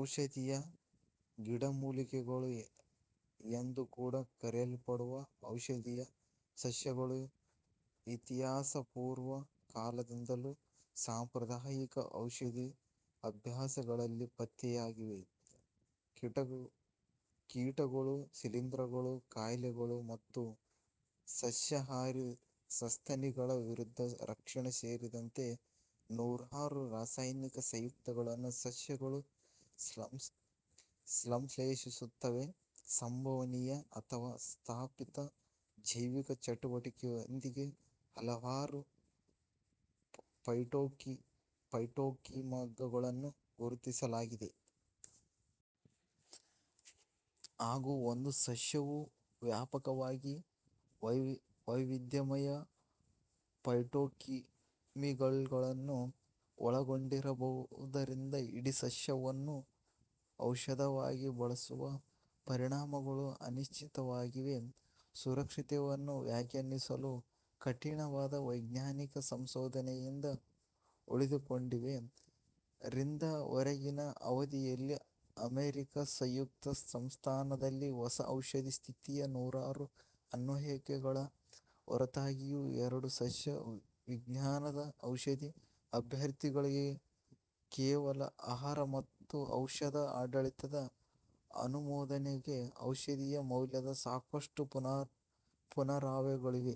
ಔಷಧೀಯ ಗಿಡಮೂಲಿಕೆಗಳು ಎಂದು ಕೂಡ ಕರೆಯಲ್ಪಡುವ ಔಷಧೀಯ ಸಸ್ಯಗಳು ಇತಿಹಾಸಪೂರ್ವ ಕಾಲದಿಂದಲೂ ಸಾಂಪ್ರದಾಯಿಕ ಔಷಧಿ ಅಭ್ಯಾಸಗಳಲ್ಲಿ ಪತ್ತೆಯಾಗಿವೆ. ಕೀಟಗಳು, ಶಿಲೀಂಧ್ರಗಳು, ಕಾಯಿಲೆಗಳು ಮತ್ತು ಸಸ್ಯಾಹಾರಿ ಸಸ್ತನಿಗಳ ವಿರುದ್ಧ ರಕ್ಷಣೆ ಸೇರಿದಂತೆ ನೂರಾರು ರಾಸಾಯನಿಕ ಸಂಯುಕ್ತಗಳನ್ನು ಸಸ್ಯಗಳು ಸಂಶ್ಲೇಷಿಸುತ್ತವೆ. ಸಂಭವನೀಯ ಅಥವಾ ಸ್ಥಾಪಿತ ಜೈವಿಕ ಚಟುವಟಿಕೆಯೊಂದಿಗೆ ಹಲವಾರು ಫೈಟೊಕೆಮಿಕಲ್ಗಳನ್ನು ಗುರುತಿಸಲಾಗಿದೆ. ಹಾಗೂ, ಒಂದು ಸಸ್ಯವು ವ್ಯಾಪಕವಾಗಿ ವೈವಿಧ್ಯಮಯ ಫೈಟೋಕೆಮಿಕಲ್ಗಳನ್ನು ಒಳಗೊಂಡಿರುವುದರಿಂದ, ಇಡೀ ಸಸ್ಯವನ್ನು ಔಷಧವಾಗಿ ಬಳಸುವ ಪರಿಣಾಮಗಳು ಅನಿಶ್ಚಿತವಾಗಿವೆ. ಸುರಕ್ಷತೆಯನ್ನು ವ್ಯಾಖ್ಯಾನಿಸಲು ಕಠಿಣವಾದ ವೈಜ್ಞಾನಿಕ ಸಂಶೋಧನೆಯಿಂದ ಉಳಿದುಕೊಂಡಿವೆ. ರಿಂದ ರವರೆಗಿನ ಅವಧಿಯಲ್ಲಿ ಅಮೆರಿಕಾ ಸಂಯುಕ್ತ ಸಂಸ್ಥಾನದಲ್ಲಿ ಹೊಸ ಔಷಧಿ ಸ್ಥಿತಿಯ ನೂರಾರು ಅನ್ವಯಿಕೆಗಳ ಹೊರತಾಗಿಯೂ ಎರಡು ಸಸ್ಯವಿಜ್ಞಾನದ ಔಷಧಿ ಅಭ್ಯರ್ಥಿಗಳಿಗೆ ಕೇವಲ ಆಹಾರ ಮತ್ತು ಔಷಧ ಆಡಳಿತದ ಅನುಮೋದನೆಗೆ ಔಷಧೀಯ ಮೌಲ್ಯದ ಸಾಕಷ್ಟು ಪುರಾವೆಗಳಿವೆ.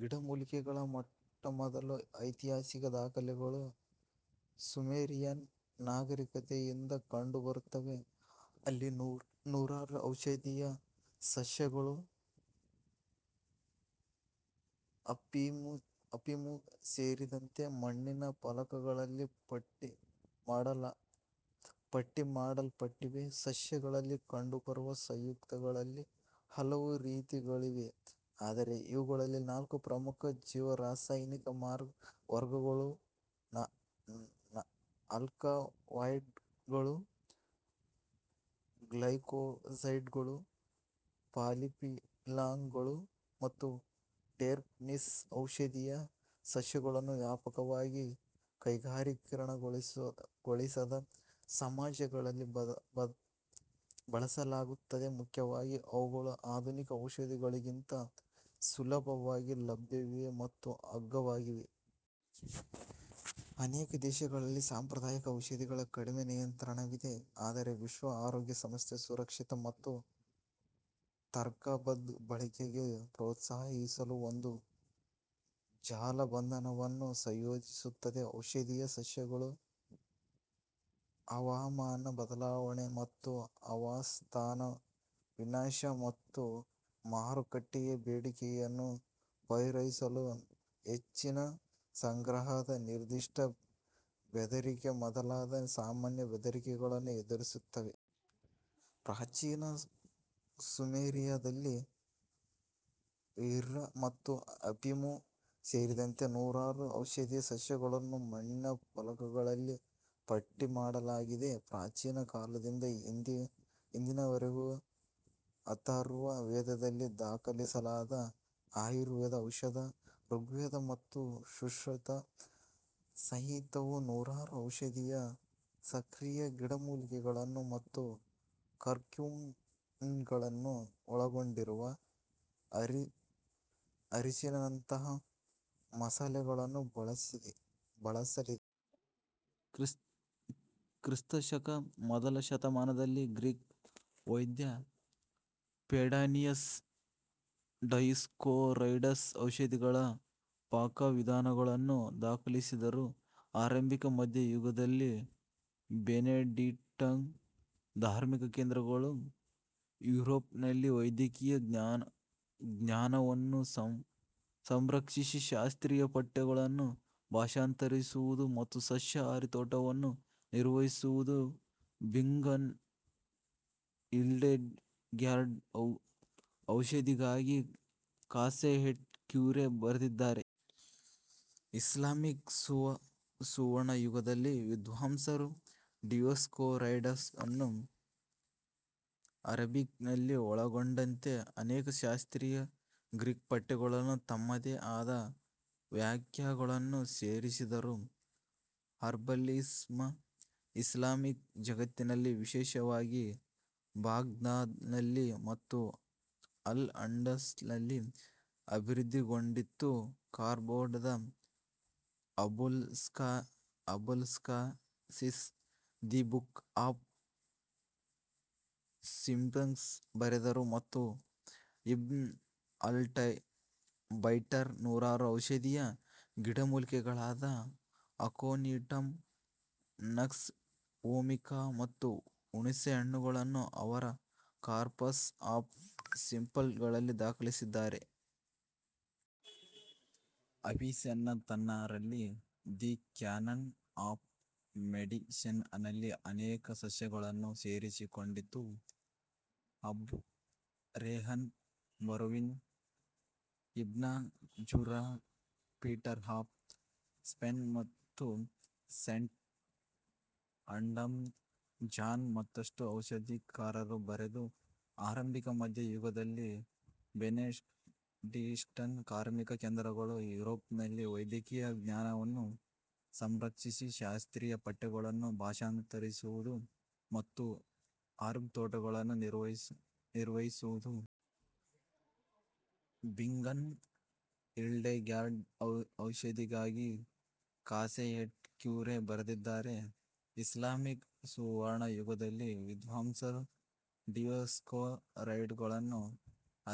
ಗಿಡಮೂಲಿಕೆಗಳ ಮೊಟ್ಟಮೊದಲ ಐತಿಹಾಸಿಕ ದಾಖಲೆಗಳು ಸುಮೆರಿಯನ್ ನಾಗರೀಕತೆಯಿಂದ ಕಂಡುಬರುತ್ತವೆ. ಅಲ್ಲಿ ನೂರಾರು ಔಷಧೀಯ ಸಸ್ಯಗಳು ಅಫೀಮು ಸೇರಿದಂತೆ ಮಣ್ಣಿನ ಫಲಕಗಳಲ್ಲಿ ಪಟ್ಟಿಮಾಡಲ್ಪಟ್ಟಿವೆ. ಸಸ್ಯಗಳಲ್ಲಿ ಕಂಡುಬರುವ ಸಂಯುಕ್ತಗಳಲ್ಲಿ ಹಲವು ರೀತಿಗಳಿವೆ, ಆದರೆ ಇವುಗಳಲ್ಲಿ ನಾಲ್ಕು ಪ್ರಮುಖ ಜೀವರಾಸಾಯನಿಕ ವರ್ಗಗಳು ಅಲ್ಕಲಾಯ್ಡ್ಗಳು, ಗ್ಲೈಕೋಸೈಡ್ಗಳು, ಪಾಲಿಫಿನಾಲ್ಗಳು ಮತ್ತು ಟೆರ್ಪನೀಸ್. ಔಷಧೀಯ ಸಸ್ಯಗಳನ್ನು ವ್ಯಾಪಕವಾಗಿ ಕೈಗಾರಿಕೀಕರಣಗೊಳಿಸದ ಸಮಾಜಗಳಲ್ಲಿ ಬಳಸಲಾಗುತ್ತದೆ, ಮುಖ್ಯವಾಗಿ ಅವುಗಳು ಆಧುನಿಕ ಔಷಧಿಗಳಿಗಿಂತ ಸುಲಭವಾಗಿ ಲಭ್ಯವಿವೆ ಮತ್ತು ಅಗ್ಗವಾಗಿವೆ. ಅನೇಕ ದೇಶಗಳಲ್ಲಿ, ಸಾಂಪ್ರದಾಯಿಕ ಔಷಧಿಗಳ ಕಡಿಮೆ ನಿಯಂತ್ರಣವಿದೆ, ಆದರೆ ವಿಶ್ವ ಆರೋಗ್ಯ ಸಂಸ್ಥೆ ಸುರಕ್ಷಿತ ಮತ್ತು ತರ್ಕಬದ್ಧ ಬಳಕೆಗೆ ಪ್ರೋತ್ಸಾಹಿಸಲು ಒಂದು ಜಾಲಬಂಧವನ್ನು ಸಂಯೋಜಿಸುತ್ತದೆ. ಔಷಧೀಯ ಸಸ್ಯಗಳು ಹವಾಮಾನ ಬದಲಾವಣೆ ಮತ್ತು ಆವಾಸಸ್ಥಾನ ವಿನಾಶ, ಮತ್ತು ಮಾರುಕಟ್ಟೆಯ ಬೇಡಿಕೆಯನ್ನು ಪೂರೈಸಲು ಹೆಚ್ಚಿನ ಸಂಗ್ರಹದ ನಿರ್ದಿಷ್ಟ ಬೆದರಿಕೆ ಮೊದಲಾದ ಸಾಮಾನ್ಯ ಬೆದರಿಕೆಗಳನ್ನು ಎದುರಿಸುತ್ತವೆ. ಪ್ರಾಚೀನ ಸುಮೇರಿಯಾದಲ್ಲಿ, ಮಿರ್ಹ್ ಮತ್ತು ಅಫೀಮು ಸೇರಿದಂತೆ ನೂರಾರು ಔಷಧೀಯ ಸಸ್ಯಗಳನ್ನು ಮಣ್ಣಿನ ಫಲಕಗಳಲ್ಲಿ ಪಟ್ಟಿಮಾಡಲಾಗಿದೆ. ಪ್ರಾಚೀನ ಕಾಲದಿಂದ ಇಂದಿನವರೆಗೂ ಅಥರ್ವ ವೇದದಲ್ಲಿ ದಾಖಲಿಸಲಾದ ಆಯುರ್ವೇದ ಔಷಧ, ರಿಗ್ವೇದ ಮತ್ತು ಸುಶ್ರುತ ಸಂಹಿತವು ನೂರಾರು ಔಷಧೀಯ ಸಕ್ರಿಯ ಗಿಡಮೂಲಿಕೆಗಳನ್ನು ಮತ್ತು ಕರ್ಕ್ಯುಮಿನ್ಗಳನ್ನು ಒಳಗೊಂಡಿರುವ ಅರಿಶಿನಂತಹ ಮಸಾಲೆಗಳನ್ನು ಬಳಸಿದೆ. ಕ್ರಿಸ್ತ ಶಕ ಮೊದಲ ಶತಮಾನದಲ್ಲಿ, ಗ್ರೀಕ್ ವೈದ್ಯ ಪೆಡಾನಿಯಸ್ ಡಯೋಸ್ಕೋರೈಡ್ಸ್ ಔಷಧಿಗಳ ಪಾಕವಿಧಾನಗಳನ್ನು ದಾಖಲಿಸಿದರು. ಆರಂಭಿಕ ಮಧ್ಯ ಯುಗದಲ್ಲಿ, ಬೆನೆಡಿಕ್ಟೀನ್ ಧಾರ್ಮಿಕ ಕೇಂದ್ರಗಳು ಯುರೋಪ್ನಲ್ಲಿ ವೈದ್ಯಕೀಯ ಜ್ಞಾನವನ್ನು ಸಂರಕ್ಷಿಸಿ, ಶಾಸ್ತ್ರೀಯ ಪಠ್ಯಗಳನ್ನು ಭಾಷಾಂತರಿಸುವುದು ಮತ್ತು ಸಸ್ಯಹಾರಿ ತೋಟಗಳನ್ನು ನಿರ್ವಹಿಸುವುದು. ಬಿಂಗನ್ನ ಹಿಲ್ಡೆಗ್ಯಾರ್ಡ್ ಔಷಧಿಗಾಗಿ ಕಾಸೇ ಎಟ್ ಕ್ಯುರೆ ಬರೆದಿದ್ದಾರೆ. ಇಸ್ಲಾಮಿಕ್ ಸುವರ್ಣ ಯುಗದಲ್ಲಿ, ವಿದ್ವಾಂಸರು ಡಿಯೋಸ್ಕೋರೈಡ್ಸ್ಅನ್ನು ಅರೆಬಿಕ್ನಲ್ಲಿ ಒಳಗೊಂಡಂತೆ ಅನೇಕ ಶಾಸ್ತ್ರೀಯ ಗ್ರೀಕ್ ಪಠ್ಯಗಳನ್ನು ತಮ್ಮದೇ ಆದ ವ್ಯಾಖ್ಯಾನಗಳನ್ನು ಸೇರಿಸಿದರು. ಹರ್ಬಲಿಸಮ್ ಇಸ್ಲಾಮಿಕ್ ಜಗತ್ತಿನಲ್ಲಿ ವಿಶೇಷವಾಗಿ ಬಾಗ್ದಾದ್ನಲ್ಲಿ ಮತ್ತು ಅಲ್-ಅಂಡಲಸ್ನಲ್ಲಿ ಅಭಿವೃದ್ಧಿಗೊಂಡಿತು. ಕಾರ್ಡೊಬದ Abulcasis the book of simples ಬರೆದರು ಮತ್ತು ಇಬ್ನ್ ಅಲ್-ಬೈಟರ್ ನೂರಾರು ಔಷಧೀಯ ಗಿಡಮೂಲಿಕೆಗಳಾದ ಅಕೊನಿಟಮ್, ನಕ್ಸ್ ವೊಮಿಕಾ ಮತ್ತು ಹುಣಿಸೆಹಣ್ಣುಗಳನ್ನು ಅವರ ಕಾರ್ಪಸ್ ಆಫ್ ಸಿಂಪಲ್ನಲ್ಲಿ ದಾಖಲಿಸಿದ್ದಾರೆ. ಅವಿಸೆನ್ನಾ ತನ್ನ ರಲ್ಲಿ ದಿ ಕ್ಯಾನನ್ ಆಫ್ ಮೆಡಿಸಿನ್ ನಲ್ಲಿ ಅನೇಕ ಸಸ್ಯಗಳನ್ನು ಸೇರಿಸಿಕೊಂಡಿತು. Abu Rayhan Biruni, Ibn Zuhr, Peter of Spain, ಮತ್ತು ಸೇಂಟ್ ಅಮಂಡ್ನ ಜಾನ್ ಮತ್ತಷ್ಟು ಔಷಧಿಕಾರರು ಬರೆದರು. ಆರಂಭಿಕ ಮಧ್ಯ ಯುಗದಲ್ಲಿ, ಬೆನೆಡಿಕ್ಟೀನ್ ಧಾರ್ಮಿಕ ಕೇಂದ್ರಗಳು ಯುರೋಪ್ನಲ್ಲಿ ವೈದ್ಯಕೀಯ ಜ್ಞಾನವನ್ನು ಸಂರಕ್ಷಿಸಿ, ಶಾಸ್ತ್ರೀಯ ಪಠ್ಯಗಳನ್ನು ಭಾಷಾಂತರಿಸುವುದು ಮತ್ತು ಹರ್ಬ್ ತೋಟಗಳನ್ನು ನಿರ್ವಹಿಸುವುದು. ಬಿಂಗನ್ನ ಹಿಲ್ಡೆಗ್ಯಾರ್ಡ್ ಔಷಧಿಗಾಗಿ ಕಾಸೇ ಎಟ್ ಕ್ಯುರೆ ಬರೆದಿದ್ದಾರೆ. ಇಸ್ಲಾಮಿಕ್ ಸುವರ್ಣ ಯುಗದಲ್ಲಿ, ವಿದ್ವಾಂಸರು ಡಿಯೋಸ್ಕೋರೈಡ್ಸ್ಅನ್ನು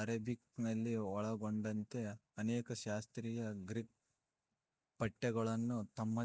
ಅರೆಬಿಕ್ನಲ್ಲಿ ಒಳಗೊಂಡಂತೆ ಅನೇಕ ಶಾಸ್ತ್ರೀಯ ಗ್ರೀಕ್ ಪಠ್ಯಗಳನ್ನು ತಮ್ಮದೇ